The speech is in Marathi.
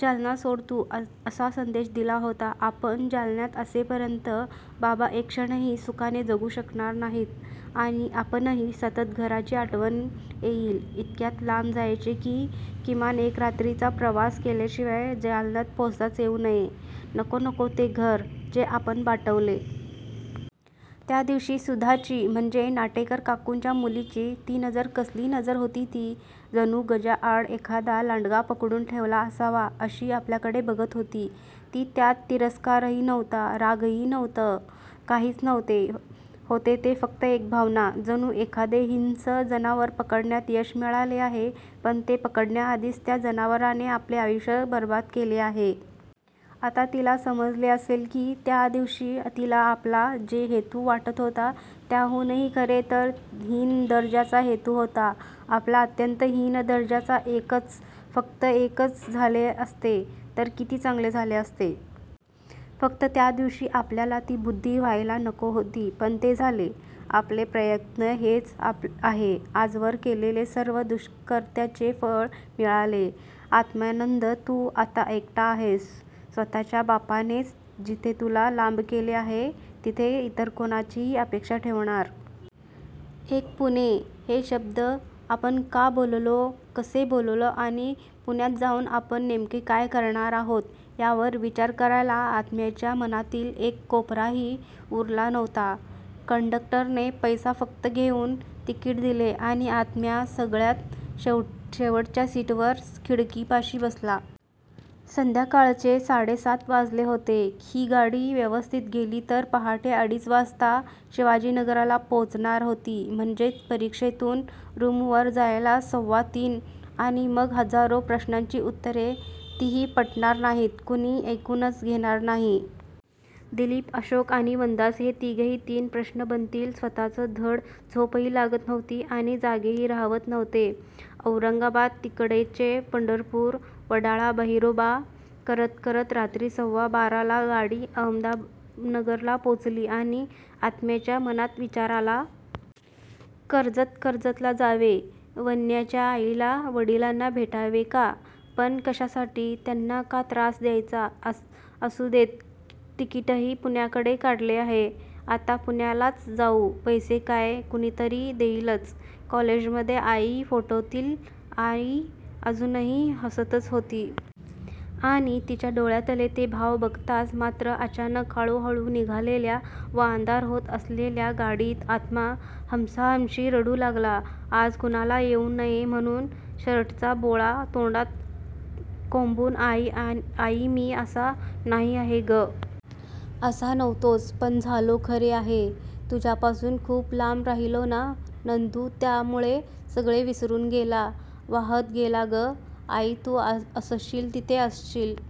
जालना सोड तू! असा संदेश दिला होता. आपण जालन्यात असेपर्यंत बाबा एक क्षणही सुखाने जगू शकणार नाहीत आणि आपणही! सतत घराची आठवण येईल. इतक्या लांब जायचे की किमान एका रात्रीचा प्रवास केल्याशिवाय जालन्याला पोचताच येऊ नये, नकोच-नकोच ते घर, जे आपण बाटवले. त्या दिवशीची सुधाची, म्हणजे नाटेकर काकूंच्या मुलीची ती नजर कसली नजर होती ती! जणू गजांआड एखादा लांडगा पकडून ठेवला असावा तशी आपल्याकडे बघत होती. ती त्यात तिरस्कारही नव्हता, रागही नव्हता, काहीच नव्हते! होती फक्त एक भावना, जणू एखादे हिंस्त जनावर पकडण्यात यश मिळाले आहे पण ते पकडण्याआधी त्या जनावराने आपले आयुष्य बरबाद केलेले आहे. आता तिला समजले असेल! की त्या दिवशी तिला आपला जो हेतू वाटत होता त्याहूनहीखरे तर हीन दर्जाचा हेतू होता आपला अत्यंत हीन दर्जाचा एकच फक्त-फक्त एकच झाले असते तर किती चांगले झाले असते! फक्त, त्या दिवशी आपल्याला ती बुद्धी व्हायला नको होती. पण ते झाले! आपले प्राक्तन हेच आहे. आजवर केलेल्या सर्व दुष्कृत्यांचे फळ मिळाले. आत्मानंद? तू आता एकटा आहेस. स्वतःच्या बापानेच जिथे तुला लांब केले आहे तिथे इतर कुणाची अपेक्षा ठेवणार. 'एक पुणे' हे दोन शब्द आपण का बोललो, कसे बोललो आणि पुण्यात जाऊन आपण नेमके काय करणार आहोत यावर विचार करायला आत्म्याच्या मनातील एक कोपराही उरलेला नव्हता. कंडक्टरने फक्त पैसे घेऊन तिकीट दिले आणि आत्मा सगळ्यात शेवटच्या सीटवर खिडकीपाशी बसला! संध्याकाळचे साडे सात वाजलेले होते. ही गाडी व्यवस्थित गेली तर पहाटे अडीच वाजता शिवाजीनगरला पोचणार होती. म्हणजे रिक्षेतून रूमवर जायला सव्वा तीन! आणि मग, हजारो प्रश्नांची उत्तरे! तीही पटणार नाहीत. कुणी ऐकूनच घेणार नाही. दिलीप, अशोक आणि वनदास, हे तिघेही तीन प्रश्न बनतील स्वतःच! धड झोपही लागत नव्हती आणि जागेही राहावत नव्हते. औरंगाबाद, तिकडचे पंढरपूर, वडाळा बहिरोबा करत करत रात्री सव्वा बाराला गाडी अहमदनगरला पोचली आणि आत्म्याच्या मनात विचार आला. कर्जत, कर्जतला जावे? वन्याच्या आई वडिलांना भेटावे का? पण, कशासाठी? त्यांना का त्रास द्यायचा? असुदेत, तिकीटही पुण्याचे काढलेच आहे. आता पुण्यालाच जाऊ! पैसे काय? कुणीतरी देईलच कॉलेजमधले! आई! फोटोतील आई अजूनही हसतच होती. आणि, तिच्या डोळ्यातले ते भाव बघताना मात्र अचानकच, हळू-हळू निघालेल्या व अंधार होत असलेल्या गाडीत आत्मा हमसाहमशी रडू लागला. आवाज कुणाला येऊ नये म्हणून शर्टचा बोळा तोंडात कोंबून आई! मी असा नाही. आहे गं! असा नव्हतोच, पण झालो हे खरे आहे. तुझ्यापासून खूप-खूप लांब राहिला ना नंदू! त्यामुळे सगळे विसरून गेला. वाहवत गेला गं! आई, तू असशील तिथे असशील--